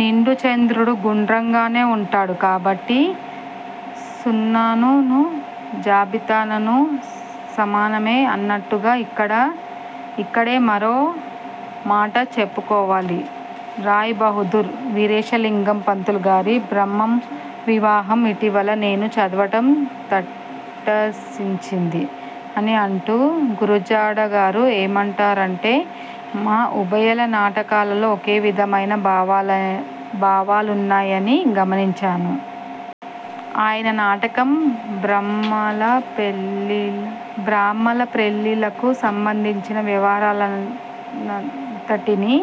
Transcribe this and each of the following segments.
నిండు చంద్రుడూ గుండ్రంగానే ఉంటాడు. కాబట్టి సున్నానున్నూ జాబిలినున్నూ సమానమే'' అన్నట్టుగా. ఇక్కడే మరో మాటా చెప్పుకోవాలి. ''రాయ్ బహుద్దూర్ వీరేశలింగం పంతులుగారి బ్రాహ్మ వివాహం ఇటీవల నేను చదవటం తటస్థించింది'' అని అంటూ గురజాడగారు ఏమంటారంటే, ''మా ఉభయుల నాటకాల్లో ఒకే విధమైన భావాలున్నాయని గమనించాను. ఆయన నాటకం బ్రాహ్మల పెళ్లిళ్లకు సంబంధించిన వ్యవహారాన్నంతటినీ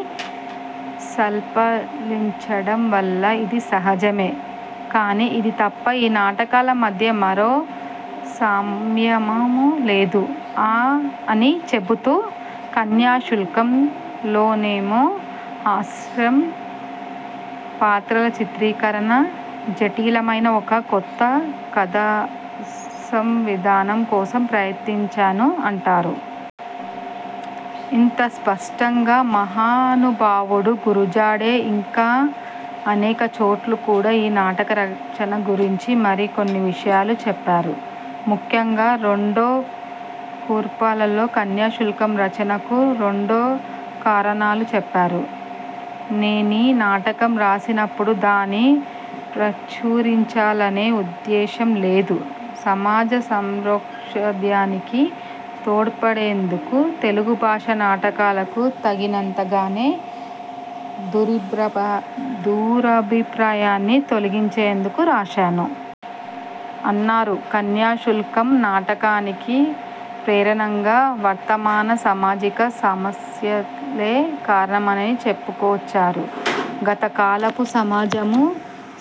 స్పృశించడం వల్ల ఇది సహజమే. కానీ, ఇది తప్ప ఈ నాటకాల మధ్య మరే సామ్యమూ లేదు'' అని చెబుతూ కన్యాశుల్కం లోనేమో హాస్యం, పాత్రల చిత్రీకరణ, జఠిలమైన ఒక కొత్త కథాసంవిధానం కోసం ప్రయత్నించాను అంటారు. ఇంత స్పష్టంగా మహానుభావుడు గురజాడే ఇంకా అనేక చోట్ల కూడా ఈ నాటక రచన గురించి మరి కొన్ని విషయాలూ చెప్పారు. ముఖ్యంగా రెండో కూర్పులో కన్యాశుల్కం రచనకు రెండు కారణాలు చెప్పారు: ''నేనీ నాటకం రాసినప్పుడు దాన్ని ప్రచురించాలనే ఉద్దేశ్యం లేదు. సమాజ సంస్కరణోద్యమానికి తోడ్పడేందుకు, తెలుగుభాష నాటకాలకు తగిందికాదనే దురభిప్రాయాన్ని తొలగించేందుకు రాశాను. '' అన్నారు. కన్యాశుల్కం నాటకానికి ప్రేరణగా వర్తమాన సామాజిక సమస్యలే కారణమని చెప్పుకొచ్చారు. గతకాలపు సమాజము,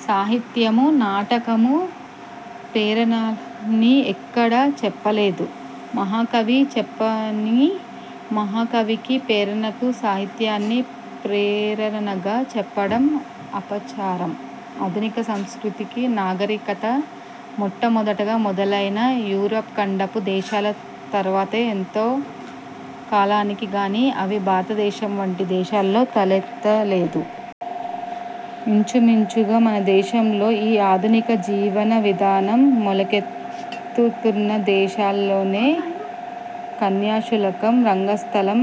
సాహిత్యము, నాటకము ప్రేరణలని ఎక్కడా చెప్పలేదు. మహాకవి చెప్పని, మహాకవికి ప్రేరణకాని సాహిత్యాన్ని ప్రేరణగా చెప్పడం అపచారం. ఆధునిక సంస్కృతి, నాగరికత మొట్టమొదట మొదలైన యూరప్ ఖండపు దేశాల తర్వాత ఎంతో కాలానికి గానీ, అవి భారతదేశం వంటి దేశాల్లో తలెత్తలేదు. ఇంచుమించుగా మనదేశంలో ఈ ఆధునిక జీవనవిధానం మొలకెత్తుతున్న దశలోనే- కన్యాశుల్కం రంగస్థలం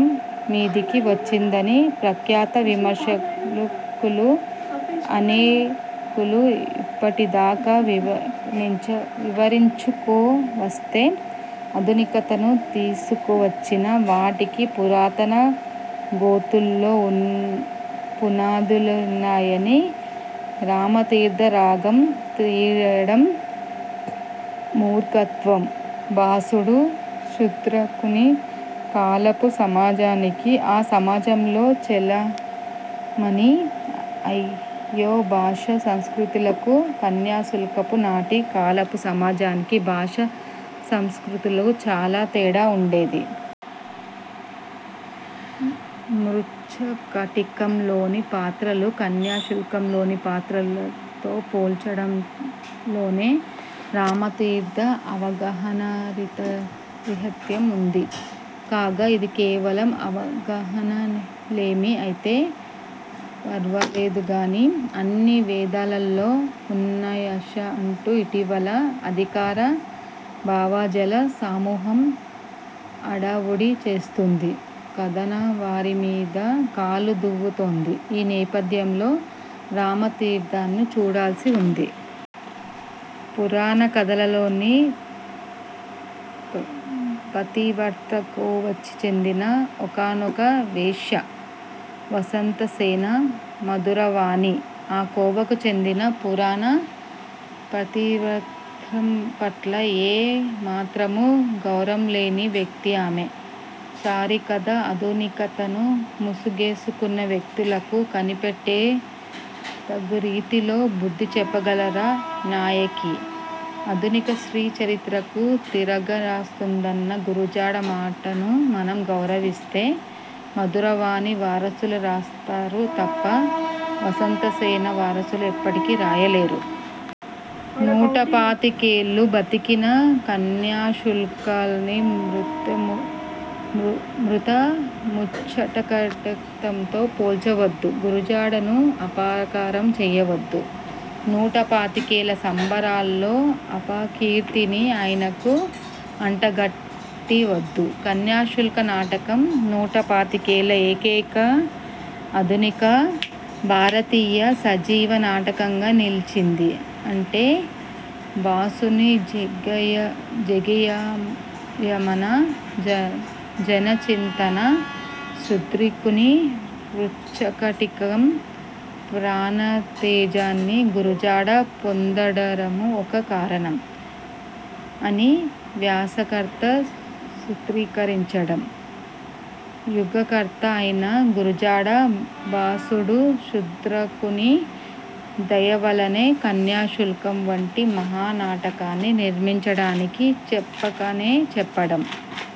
మీదికి వచ్చిందని ప్రఖ్యాత విమర్శకులు అనేకులు ఇప్పటిదాకా వివరించుకువస్తే, ఆధునికతను తీసుకువచ్చి వాటికి పురాతన గోతుల్లో పునాదులున్నాయని రామతీర్థ రాగం తీయడం మూర్ఖత్వం. భాసుడు, శూద్రకుని కాలపు సమాజానికీ, ఆ సమాజంలో చెలామణీ అయ్యే భాషా సంస్కృతులకు- కన్యాశుల్కపు నాటి కాలపు సమాజానికి, భాషా సంస్కృతులకూ చాలా తేడా ఉంది. మృచ్ఛ కటికం లోని పాత్రలను కన్యాశుల్కంలోని పాత్రలతో పోల్చడంలోనే రామతీర్థ అవగాహనారాహిత్యం ఉంది. కాగా, ఇది కేవలం అవగాహనలేమి అయితే ఫరవాలేదుగానీ- అన్నీ వేదాల్లో ఉన్నాయష అంటూ ఇటీవల అధికార భావజాల సమూహం హడావుడి చేస్తోంది. కాదన్న వారిమీద కాలు దువ్వుతోంది. ఈ నేపథ్యంలో రామతీర్థను చూడాల్సి ఉంది. పురాణకథల్లోని పతివ్రత కోవకి చెందిన ఒకానొక వేశ్య వసంతసేన. మధురవాణి ఆ కోవకు చెందదు. పురాణ పాతివ్రత్యం పట్ల ఏ మాత్రమూ గౌరవం లేని వ్యక్తి ఆమె. సరికదా, ఆధునికత ముసుగేసుకున్న వ్యక్తులను కనిపెట్టి తగురీతిలో బుద్ధిచెప్పగల నాయకి. ఆధునిక స్త్రీ చరిత్రను తిరగరాస్తుందన్న గురజాడ మాటను మనం గౌరవిస్తే- మధురవాణి వారసులు రాస్తా రు తప్ప, వసంతసేన వారసులు ఎప్పటికీ రాయలేరు. నూటపాతికేళ్లు బతికిన కన్యాశు ల్కాన్ని మృత మృచ్ఛకటికంతో పోల్చవద్దు. గుర జాడకు అపకారం చేయవద్దు. నూట పాతికేళ్ల సంబరాల్లో అపకీర్తిని ఆయనకు అంటగట్టవద్దు. ''కన్యాశుల్క నాటకం నూటపాతికేళ్ల ఏకైక ఆధునిక భారతీయ సజీవ నాటకంగా నిలిచిందీ అంటే, భాసుని జేగీయమాన జన చింతన, శూద్రకుని మృచ్ఛకటికం ప్రాణతేజాన్ని గురజాడ పొందడమూ ఒక కారణం'' అని వ్యాసకర్త సూత్రీకరించడం- యుగకర్త అయిన గురజాడ, భాసుడు, శూద్రకుని దయవల్లనే కన్యాశుల్కం వంటి మహానాటకాన్ని నిర్మించాడని చెప్పకనే చెప్పడం.